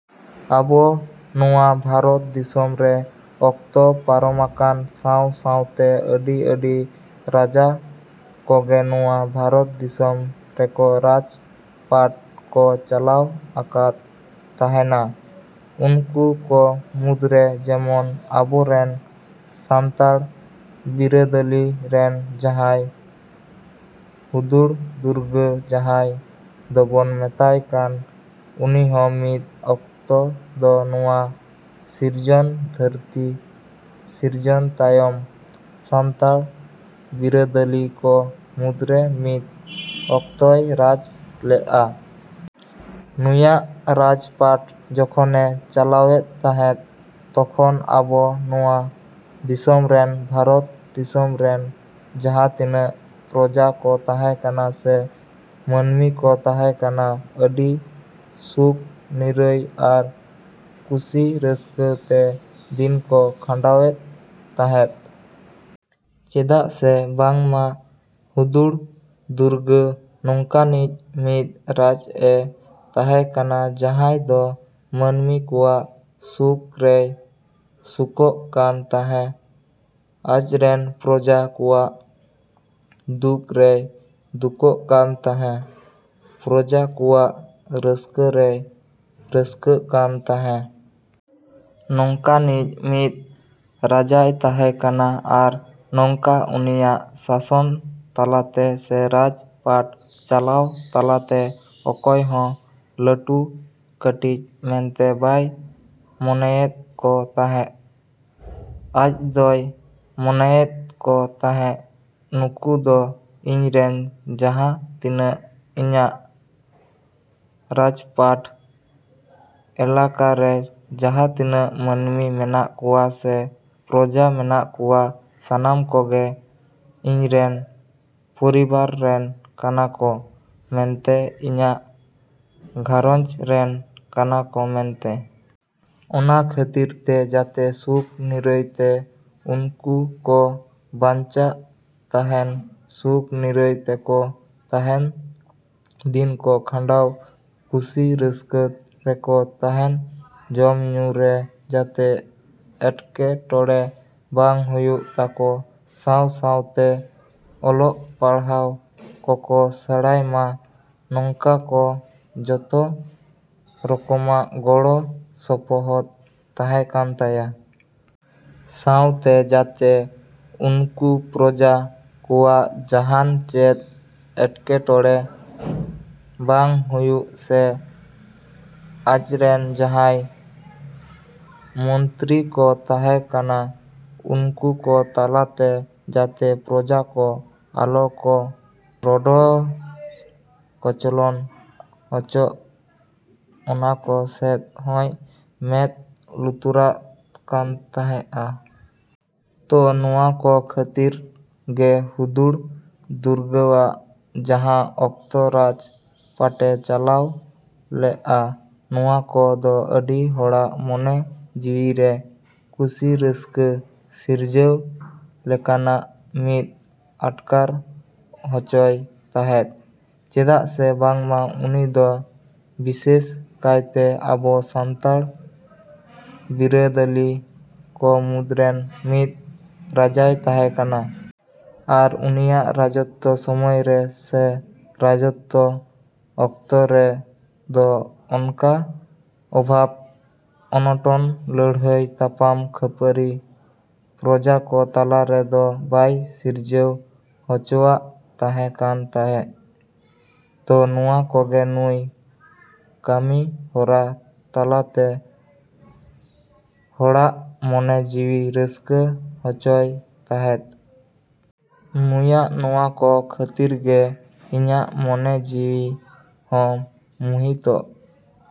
ᱟᱵᱚ ᱱᱚᱣᱟ ᱵᱷᱟᱨᱚᱛ ᱫᱤᱥᱚᱢ ᱨᱮ ᱚᱠᱛᱚ ᱯᱟᱨᱚᱢᱟᱠᱟᱱ ᱥᱟᱶ ᱥᱟᱶᱛᱮ ᱟᱹᱰᱤ ᱟᱹᱰᱤ ᱨᱟᱡᱟ ᱠᱚᱜᱮ ᱱᱚᱣᱟ ᱵᱷᱟᱨᱚᱛ ᱫᱤᱥᱚᱢ ᱨᱮᱠᱚ ᱨᱟᱡᱽ ᱯᱟᱴ ᱠᱚ ᱪᱟᱞᱟᱣ ᱟᱠᱟᱫ ᱛᱟᱦᱮᱸᱱᱟ᱾ ᱩᱱᱠᱩ ᱠᱚ ᱢᱩᱫᱽᱨᱮ ᱡᱮᱢᱚᱱ ᱟᱵᱚᱨᱮᱱ ᱥᱟᱱᱛᱟᱲ ᱵᱤᱨᱟᱹᱫᱟᱹᱞᱤ ᱨᱮᱱ ᱡᱟᱦᱟᱸᱭ ᱦᱩᱫᱩᱲ ᱫᱩᱨᱜᱟᱹ ᱡᱟᱦᱟᱸᱭ ᱫᱚᱵᱚᱱ ᱢᱮᱛᱟᱭ ᱠᱟᱱ, ᱩᱱᱤᱦᱚᱸ ᱢᱤᱫ ᱚᱠᱛᱚ ᱫᱚ ᱱᱚᱣᱟ ᱥᱤᱨᱡᱚᱱ ᱫᱷᱟᱹᱨᱛᱤ ᱥᱤᱨᱡᱚᱱ ᱛᱟᱭᱚᱢ ᱥᱟᱱᱛᱟᱲ ᱵᱤᱨᱟᱹᱫᱟᱹᱞᱤ ᱠᱚ ᱢᱩᱫᱽᱨᱮ ᱢᱤᱫ ᱚᱠᱛᱚᱭ ᱨᱟᱡᱽ ᱞᱮᱜᱼᱟ᱾ ᱱᱩᱭᱟᱜ ᱨᱟᱡᱽ ᱯᱟᱴ ᱡᱚᱠᱷᱚᱱᱮ ᱪᱟᱞᱟᱣᱮᱫ ᱛᱟᱦᱮᱸᱫ, ᱛᱚᱠᱷᱚᱱ ᱟᱵᱚ ᱱᱚᱣᱟ ᱫᱤᱥᱚᱢ ᱨᱮᱱ, ᱵᱷᱟᱨᱚᱛ ᱫᱤᱥᱚᱢ ᱨᱮᱱ ᱡᱟᱦᱟᱸ ᱛᱤᱱᱟᱹᱜ ᱯᱨᱚᱡᱟ ᱠᱚ ᱛᱟᱦᱮᱸ ᱠᱟᱱᱟ ᱥᱮ ᱢᱟᱹᱱᱢᱤ ᱠᱚ ᱛᱟᱦᱮᱸ ᱠᱟᱱᱟ, ᱟᱹᱰᱤ ᱥᱩᱠ ᱱᱤᱨᱟᱹᱭ ᱟᱨ ᱠᱩᱥᱤ ᱨᱟᱹᱥᱠᱟᱹ ᱛᱮ ᱫᱤᱱ ᱠᱚ ᱠᱷᱟᱸᱰᱟᱣᱮᱫ ᱛᱟᱦᱮᱫ᱾ ᱪᱮᱫᱟᱜ ᱥᱮ ᱵᱟᱝᱢᱟ ᱦᱩᱫᱩᱲ ᱫᱩᱨᱜᱟᱹ ᱱᱚᱝᱠᱟᱱᱤᱡ ᱢᱤᱫ ᱨᱟᱡ ᱮ ᱛᱟᱦᱮᱸ ᱠᱟᱱᱟ ᱡᱟᱦᱟᱸᱭ ᱫᱚ ᱢᱟᱹᱱᱢᱤ ᱠᱚᱣᱟᱜ ᱥᱩᱠ ᱨᱮᱭ ᱥᱩᱠᱚᱜ ᱠᱟᱱ ᱛᱟᱦᱮᱸ, ᱟᱡᱽᱨᱮᱱ ᱯᱨᱚᱡᱟ ᱠᱚᱣᱟᱜ ᱫᱩᱠ ᱨᱮᱭ ᱫᱩᱠᱚᱜ ᱠᱟᱱ ᱛᱟᱦᱮᱸ, ᱯᱨᱚᱡᱟ ᱠᱚᱣᱟᱜ ᱨᱟᱹᱥᱠᱟᱹ ᱨᱮᱭ ᱨᱟᱹᱥᱠᱟᱹᱜ ᱠᱟᱱ ᱛᱟᱦᱮᱸ᱾ ᱱᱚᱝᱠᱟᱱᱤᱡ ᱢᱤᱫ ᱨᱟᱡᱟᱭ ᱛᱟᱦᱮᱸ ᱠᱟᱱᱟ ᱟᱨ ᱱᱚᱝᱠᱟ ᱩᱱᱤᱭᱟᱜ ᱥᱟᱥᱚᱱ ᱛᱟᱞᱟᱛᱮ ᱥᱮ ᱨᱟᱡᱽ ᱯᱟᱴ ᱪᱟᱞᱟᱣ ᱛᱟᱞᱟᱛᱮ ᱚᱠᱚᱭ ᱦᱚᱸ ᱞᱟᱹᱴᱩ ᱠᱟᱹᱴᱤᱡ ᱢᱮᱱᱛᱮ ᱵᱟᱭ ᱢᱚᱱᱮᱭᱮᱫ ᱠᱚ ᱛᱟᱦᱮᱜ᱾ ᱟᱡᱫᱚᱭ ᱢᱚᱱᱮᱭᱮᱫ ᱠᱚ ᱛᱟᱦᱮᱸᱜ ᱱᱩᱠᱩ ᱫᱚ ᱤᱧᱨᱮᱱ ᱡᱟᱦᱟᱸ ᱛᱤᱱᱟᱹᱜ ᱤᱧᱟᱹᱜ ᱨᱟᱡᱽᱯᱟᱴᱷ ᱮᱞᱟᱠᱟ ᱨᱮ ᱡᱟᱦᱟᱸ ᱛᱤᱱᱟᱹᱜ ᱢᱟᱹᱱᱢᱤ ᱢᱮᱱᱟᱜ ᱠᱚᱣᱟ ᱥᱮ ᱯᱨᱚᱡᱟ ᱢᱮᱱᱟᱜ ᱠᱚᱣᱟ, ᱥᱟᱱᱟᱢ ᱠᱚᱜᱮ ᱤᱧᱨᱮᱱ ᱯᱚᱨᱤᱵᱟᱨ ᱨᱮᱱ ᱠᱟᱱᱟ ᱠᱚ ᱢᱮᱱᱛᱮ, ᱤᱧᱟᱹᱜ ᱜᱷᱟᱨᱚᱧᱡᱽ ᱨᱮᱱ ᱠᱟᱱᱟ ᱠᱚ ᱢᱮᱱᱛᱮ᱾ ᱚᱱᱟ ᱠᱷᱟᱹᱛᱤᱨ ᱛᱮ ᱡᱟᱛᱮ ᱥᱩᱠ ᱱᱤᱨᱟᱹᱭ ᱛᱮ ᱩᱱᱠᱩ ᱠᱚ ᱵᱟᱸᱧᱪᱟᱜ ᱛᱟᱦᱮᱸᱱ, ᱥᱩᱠ ᱱᱤᱨᱟᱹᱭ ᱛᱮᱠᱚ ᱛᱟᱦᱮᱱ, ᱫᱤᱱ ᱠᱚ ᱠᱷᱟᱸᱰᱟᱣ, ᱠᱩᱥᱤ ᱨᱟᱹᱥᱠᱟᱹ ᱨᱮᱠᱚ ᱛᱟᱦᱮᱱ, ᱡᱚᱢ ᱧᱩ ᱨᱮ ᱡᱟᱛᱮ ᱮᱴᱠᱮ ᱴᱚᱬᱮ ᱵᱟᱝ ᱦᱩᱭᱩᱜ ᱛᱟᱠᱚ, ᱥᱟᱶ ᱥᱟᱶᱛᱮ ᱚᱞᱚᱜ ᱯᱟᱲᱦᱟᱣ ᱠᱚᱠᱚ ᱥᱮᱬᱟᱭᱢᱟ, ᱱᱚᱝᱠᱟ ᱠᱚ ᱡᱚᱛᱚ ᱨᱚᱠᱚᱢᱟᱜ ᱜᱚᱲᱚ ᱥᱚᱯᱚᱦᱚᱫ ᱛᱟᱦᱮᱸ ᱠᱟᱱ ᱛᱟᱭᱟ᱾ ᱥᱟᱶᱛᱮ ᱡᱟᱛᱮ ᱩᱱᱠᱩ ᱯᱨᱚᱡᱟ ᱠᱚᱣᱟᱜ ᱡᱟᱦᱟᱱ ᱪᱮᱫ ᱮᱴᱠᱮ ᱴᱚᱬᱮ ᱵᱟᱝ ᱦᱩᱭᱩᱜ ᱥᱮ ᱟᱡᱨᱮᱱ ᱡᱟᱦᱟᱭ ᱢᱚᱱᱛᱨᱤ ᱠᱚ ᱛᱟᱦᱮᱸ ᱠᱟᱱᱟ, ᱩᱱᱠᱩ ᱠᱚ ᱛᱟᱞᱟᱛᱮ ᱡᱟᱛᱮ ᱯᱨᱚᱡᱟ ᱠᱚ ᱟᱞᱚ ᱠᱚ ᱨᱚᱰᱚᱡᱽ ᱠᱚᱪᱞᱚᱱ ᱦᱚᱪᱚᱜ, ᱚᱱᱟ ᱠᱚ ᱥᱮᱫ ᱦᱚᱸᱭ ᱢᱮᱸᱫ ᱞᱩᱛᱩᱨᱟᱜ ᱠᱟᱱ ᱛᱟᱦᱮᱜᱼᱟ᱾ ᱛᱚ ᱱᱚᱣᱟ ᱠᱚ ᱠᱷᱟᱹᱛᱤᱨ ᱜᱮ ᱦᱩᱫᱩᱲ ᱫᱩᱨᱜᱟᱹᱣᱟᱜ ᱡᱟᱦᱟᱸ ᱚᱠᱛᱚ ᱨᱟᱡᱽ ᱯᱟᱴᱮ ᱪᱟᱞᱟᱣ ᱞᱮᱜᱼᱟ, ᱱᱚᱣᱟ ᱠᱚ ᱫᱚ ᱟᱹᱰᱤ ᱦᱚᱲᱟᱜ ᱢᱚᱱᱮ ᱡᱤᱣᱤ ᱨᱮ ᱠᱩᱥᱤ ᱨᱟᱹᱥᱠᱟᱹ ᱥᱤᱨᱡᱟᱹᱣ ᱞᱮᱠᱟᱱᱟᱜ ᱢᱤᱫ ᱟᱴᱠᱟᱨ ᱦᱚᱪᱚᱭ ᱛᱟᱦᱮᱫ᱾ ᱪᱮᱫᱟᱜ ᱥᱮ ᱵᱟᱝᱢᱟ ᱩᱱᱤ ᱫᱚ ᱵᱤᱥᱮᱥ ᱠᱟᱭᱛᱮ ᱟᱵᱚ ᱥᱟᱱᱛᱟᱲ ᱵᱤᱨᱟᱹᱫᱟᱞᱤ ᱠᱚ ᱢᱩᱫᱽᱨᱮᱱ ᱢᱤᱫ ᱨᱟᱡᱟᱭ ᱛᱟᱦᱮᱸ ᱠᱟᱱᱟ᱾ ᱟᱨ ᱩᱱᱤᱭᱟᱜ ᱨᱟᱡᱚᱛᱛᱚ ᱥᱚᱢᱚᱭ ᱨᱮ, ᱥᱮ ᱨᱟᱡᱚᱛᱛᱚ ᱚᱠᱛᱚ ᱨᱮ ᱫᱚ ᱚᱱᱠᱟ ᱚᱵᱷᱟᱵ ᱚᱱᱚᱴᱚᱱ, ᱞᱟᱹᱲᱦᱟᱹᱭ ᱛᱟᱯᱟᱢ, ᱠᱟᱯᱷᱟᱹᱨᱤ ᱯᱨᱚᱡᱟ ᱠᱚ ᱛᱟᱞᱟᱨᱮ ᱫᱚ ᱵᱟᱭ ᱥᱤᱨᱡᱟᱹᱣ ᱦᱚᱪᱚᱣᱼᱟᱜ ᱛᱟᱦᱮᱸ ᱠᱟᱱ ᱛᱟᱦᱮᱜ᱾ ᱛᱚ ᱱᱚᱣᱟ ᱠᱚᱜᱮ ᱱᱩᱭ ᱠᱟᱢᱤ ᱦᱚᱨᱟ ᱛᱟᱞᱟ ᱛᱮ ᱦᱚᱲᱟᱜ ᱢᱚᱱᱮ ᱡᱤᱣᱤ ᱨᱟᱹᱥᱠᱟᱹ ᱦᱚᱪᱚᱭ ᱛᱟᱦᱮᱫ᱾ ᱱᱩᱭᱟᱜ ᱱᱚᱣᱟ ᱠᱚ ᱠᱷᱟᱹᱛᱤᱨ ᱜᱮ ᱤᱧᱟᱜ ᱢᱚᱱᱮ ᱡᱤᱣᱤ ᱦᱚ ᱢᱩᱦᱤᱛᱚᱜ ᱾।